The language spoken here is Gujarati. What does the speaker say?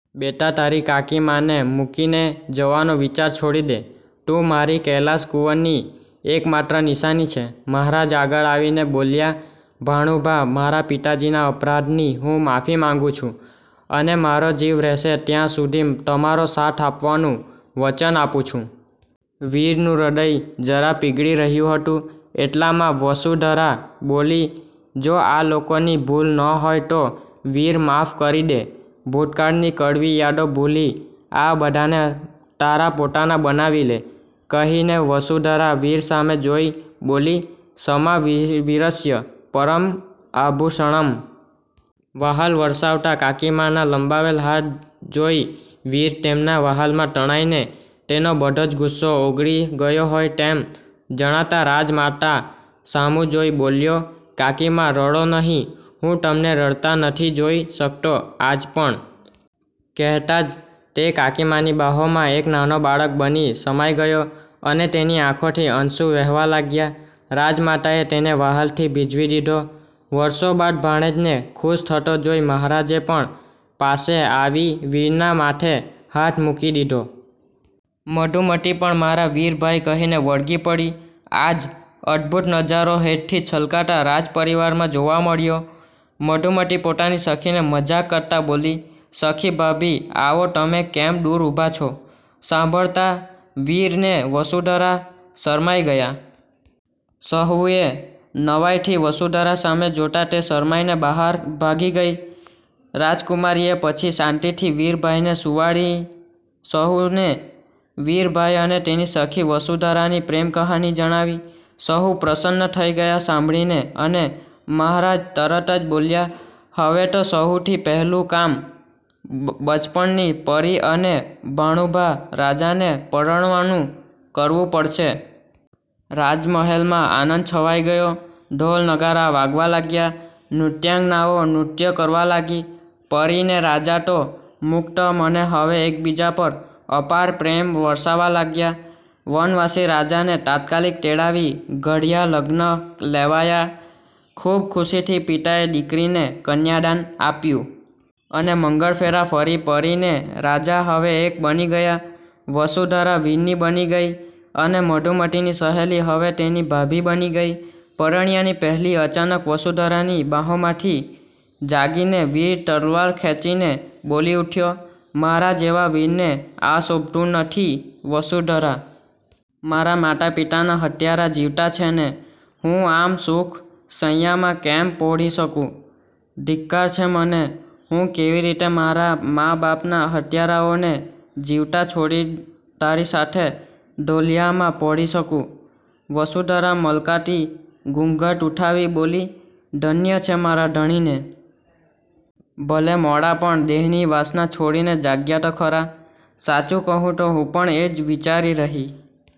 બેટા તારી કાકીમાને મૂકીને જવાનો વિચાર છોડી દે. તું મારી કૈલાસકુંવરની એકમાત્ર નિશાની છે.." મહારાજ આગળ આવીને બોલ્યાં,"ભાણુભા મારાં પિતાજીના અપરાધની હું માફી માગુ છું. અને મારો જીવ રહેશે ત્યાં સુધી તમારો સાથ આપવાનું વચન આપું છું." વીરનું હ્નદય જરા પીગળી રહ્યુ હતું, એટલામાં વસુંધરા બોલી,"જો આ લોકોની ભૂલ ન હોય તો વીર માફ કરી દે, ભૂતકાળની કડવી યાદો ભૂલી આ બધાને તારા પોતાનાં બનાવી લે." કહીને વસુંધરા વીર સામે જોઈ બોલી,"ક્ષમા વિરસ્ય પરમ આભુષણમ." વહાલ વરસાવતા કાકીમાંના લંબાવેલ હાથ જોઈ વીર તેમનાં વ્હાલમાં તણાઈને તેનો બધો જ ગુસ્સો ઓગળી ગયો હોય તેમ જણાતાં રાજમાતા સામું જોઈ બોલ્યો,"કાકીમા રડો નહીં, હું તમને રડતાં નથી જોઈ શકતો આજ પણ. " કહેતાં જ તે કાકીમાની બાહોમાં એક નાનો બાળક બની સમાઈ ગયો અને તેની આંખોથી અશ્રૂ વહેવા લાગ્યાં. રાજમાતાએ તેને વ્હાલથી ભીંજવી દીધો. વરસો બાદ ભાણેજને ખુશ થતો જોઈ મહારાજે પણ પાસે આવી વીરનાં માથે હાથ મૂકી દીધો. મધુમતી પણ "મારાં વીર ભાઈ" કહીને વળગી પડી. આજ અદભુત નજારો હેતથી છલકતાં રાજ પરિવારમાં જોવા મળ્યો. મધુમતી પોતાની સખીની મજાક કરતાં બોલી,"સખી ભાભી આવો તમે કેમ દુર ઊભાં છો." સાંભળતાં વીર ને વસુંધરા શરમાઈ ગયાં. સહુએ નવાઈથી વસુંધરા સામું જોતાં તે શરમાઈને બહાર ભાગી ગઈ. રાજકુમારીએ પછી શાંતિથી વીરભાઈને સુવાડી સહુને વીરભાઈ અને તેની સખી વસુંધરાની પ્રેમકહાની જણાવી. સહુ પ્રસન્ન થઈ ગયાં સાંભળીને અને મહારાજ તરત જ બોલ્યાં,"હવે તો સહુથી પહેલું કામ બચપણની પરી અને ભાણુભા રાજાને પરણવાનું કરવું પડશે." રાજ મહેલમાં આનંદ છવાઈ ગયો ઢોલ, નગારાં વાગવા લાગ્યાં. નૃત્યાંગનાઓ નૃત્ય કરવા લાગી. પરીને રાજા તો મુકત મને હવે એકબીજા પર અપાર પ્રેમ વરસવા લાગ્યાં. વનવાસી રાજાને તાત્કાલિક તેડાવી ઘડિયા લગ્ન લેવાયા. ખુબ ખુશીથી પિતાએ દીકરીને કન્યાદાન આપ્યું. અને મંગળફેરા ફરી પરીને રાજા હવે એક બની ગયાં. વસુંધરા વીરની બની ગઈ અને મધુમતીની સહેલી હવે તેની ભાભી બની ગઈ. પરણ્યાની પહેલી અચાનક વસુંધરાની બાંહોમાંથી જાગીને વીર તલવાર ખેંચીને બોલી ઉઠ્યો,"મારાં જેવાં વીરને આ શોભતું નથી વસુંધરા! મારાં માતા પિતાનાં હત્યારા જીવતાં છે ને હું આમ સુખ શૈયામાં કેમ પોઢી શકૂં? ધિક્કાર છે મને! હું કેવી રીતે મારાં મા બાપના હત્યારાઓને જીવતાં છોડી તારી સાથે ઢોલિયામાં પોઢી શકૂં?" વસુંધરા મલકાતી ઘૂંઘટ ઉઠાવી બોલી,"ધન્ય છે મારાં ધણીને! ભલે મોડા પણ દેહની વાસના છોડીને જાગ્યા તો ખરાં. સાચું કહું તો હું પણ એ જ વિચારી રહી